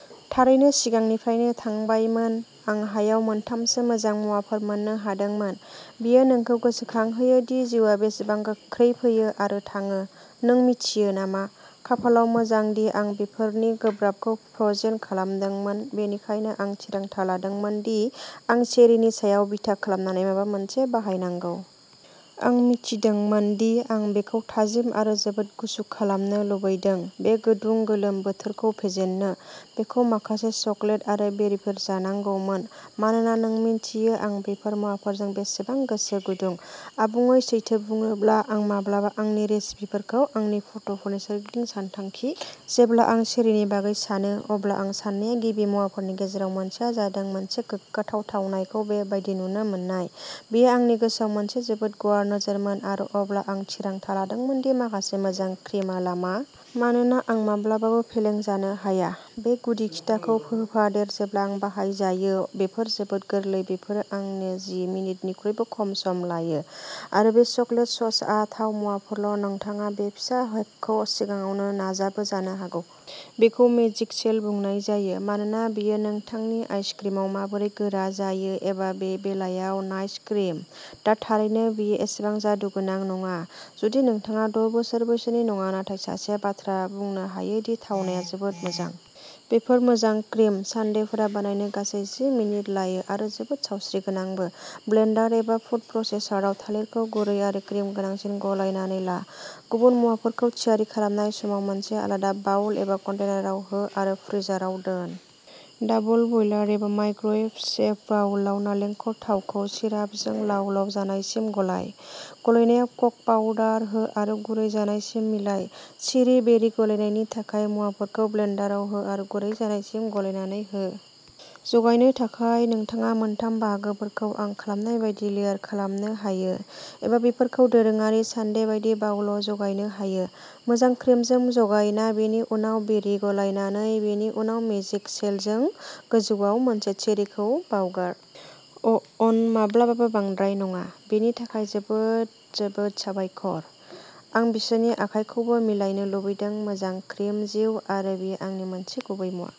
थारैनो सिगांनिफ्रायनो थांबायमोन। आं हायाव मोनथामसो मोजां मुवाफोर मोननो हादोंमोन। बेयो नोंखौ गोसोखांहोयो दि जिउआ बेसेबां गोख्रै फैयो आरो थाङो, नों मिथियो नामा? खाफालाव मोजां दि आं बेफोरनि गोबांखौ फ्र'जेन खालामदोंमोन, बेनिखायनो आं थिरांथा लादोंमोन दि आं चेरीनि सायाव बिथा खालामनानै माबा मोनसे बानायनांगौ। आं मिथिदोंमोन दि आं बेखौ थाजिम आरो जोबोद गुसु खालामनो लुबैदों, बे गुदुं गोलोम बोथोरखौ फेजेननो। बेखौ माखासे चकलेट आरो बेरिफोर जानांगौमोन मानोना नों मिन्थियो आं बैफोर मुवाफोरजों बेसेबां गोसो गुदुं। आबुङै सैथो बुंनोब्ला, आं माब्लाबा आंनि रेसिपिफोरखौ आंनि फट'फोरनि सोरगिदिं सानथांखि। जेब्ला आं चेरीनि बागै सानो, अब्ला आं सान्नाय गिबि मुवाफोरनि गेजेराव मोनसेआ जादों मोनसे गोग्गाथाव थावनायखौ बे बायदि नुनो मोन्नाय। बेयो आंनि गोसोआव मोनसे जोबोद गुवार नोजोरमोन आरो अब्ला आं थिरांथा लादोंमोन दि माखासे मोजां क्रिमआ लामा। मानोना आं माब्लाबाबो फेलें जानो हाया। बे गुदि खिथाखौ होफादेर, जेब्ला बाहायजायो, बेफोर जोबोद गोरलै बेफोरो आंनो जि मिनिटनिख्रुइबो खम सम लायो आरो बै चकलेट ससआ थाम-मुवाफोरल'। नोंथाङा बे फिसा हेकखौ सिगाङावबो नाजाबो जानो हागौ। बेखौ मैजिक शेल बुंनाय जायो मानोना बेयो नोंथांनि आइसक्रिमाव माबोरै गोरा जायो, एबा बे बेलायाव नाइस क्रिम। दा थारैनो बेयो एसेबां जादुगोनां नङा जुदि नोंथाङा द' बोसोर बैसोनि नङा, नाथाय सासेया बाथ्रा बुंनो हायो दि थावनाया जोबोद मोजां। बेफोर मोजां क्रिम सानडेफोरा बानायनो गासै जि मिनिट लायो आरो जोबोद सावस्रिगोनांबो। ब्लेन्डार एबा फुड प्रसेसराव, थालिरखौ गुरै आरो क्रिम गोनांसिम गलायनानै ला। गुबुन मुवाफोरखौ थियारि खालामनाय समाव मोनसे आलादा बाउल एबा कन्टेनाराव हो आरो फ्रिजाराव दोन। डाबल बयलार एबा माइक्र'वेभ सेफ बाउलआव, नालेंखर थावखौ सिरापजों लाव-लाव जानायसिम गलाइ। गलायनायाव क' क' पाउडार हो आरो गुरै जानायसिम मिलाइ चेरि बेरि गलायनायनि थाखाय, मुवाफोरखौ ब्लेन्डाराव हो आरो गुरै जानायसिम गलायनानै हो। जगायनो थाखाय नोंथाङा मोनथाम बाहागोफोरखौ आं खालामनाय बायदि लेयार खालामनो हायो एबा बेफोरखौ दोरोङारि सानडे बायदि बाउलआव जगायनो हायो, मोजां क्रिमजों जगायना, बेनि उनाव बेरि गलायनानै, बेनि उनाव मेजिक सेलजों। गोजौआव मोनसे चेरीखौ बावगार। अ' अन, माब्लाबाबो बांद्राय नङा। बेनि थाखाय जोबोद जोबोद साबायखर। आं बिसोरनि आखायखौबो मिलायनो लुबैदों मोजां क्रिम जिउ, आरो बेयो आंनि मोनसे गुबै मुवा।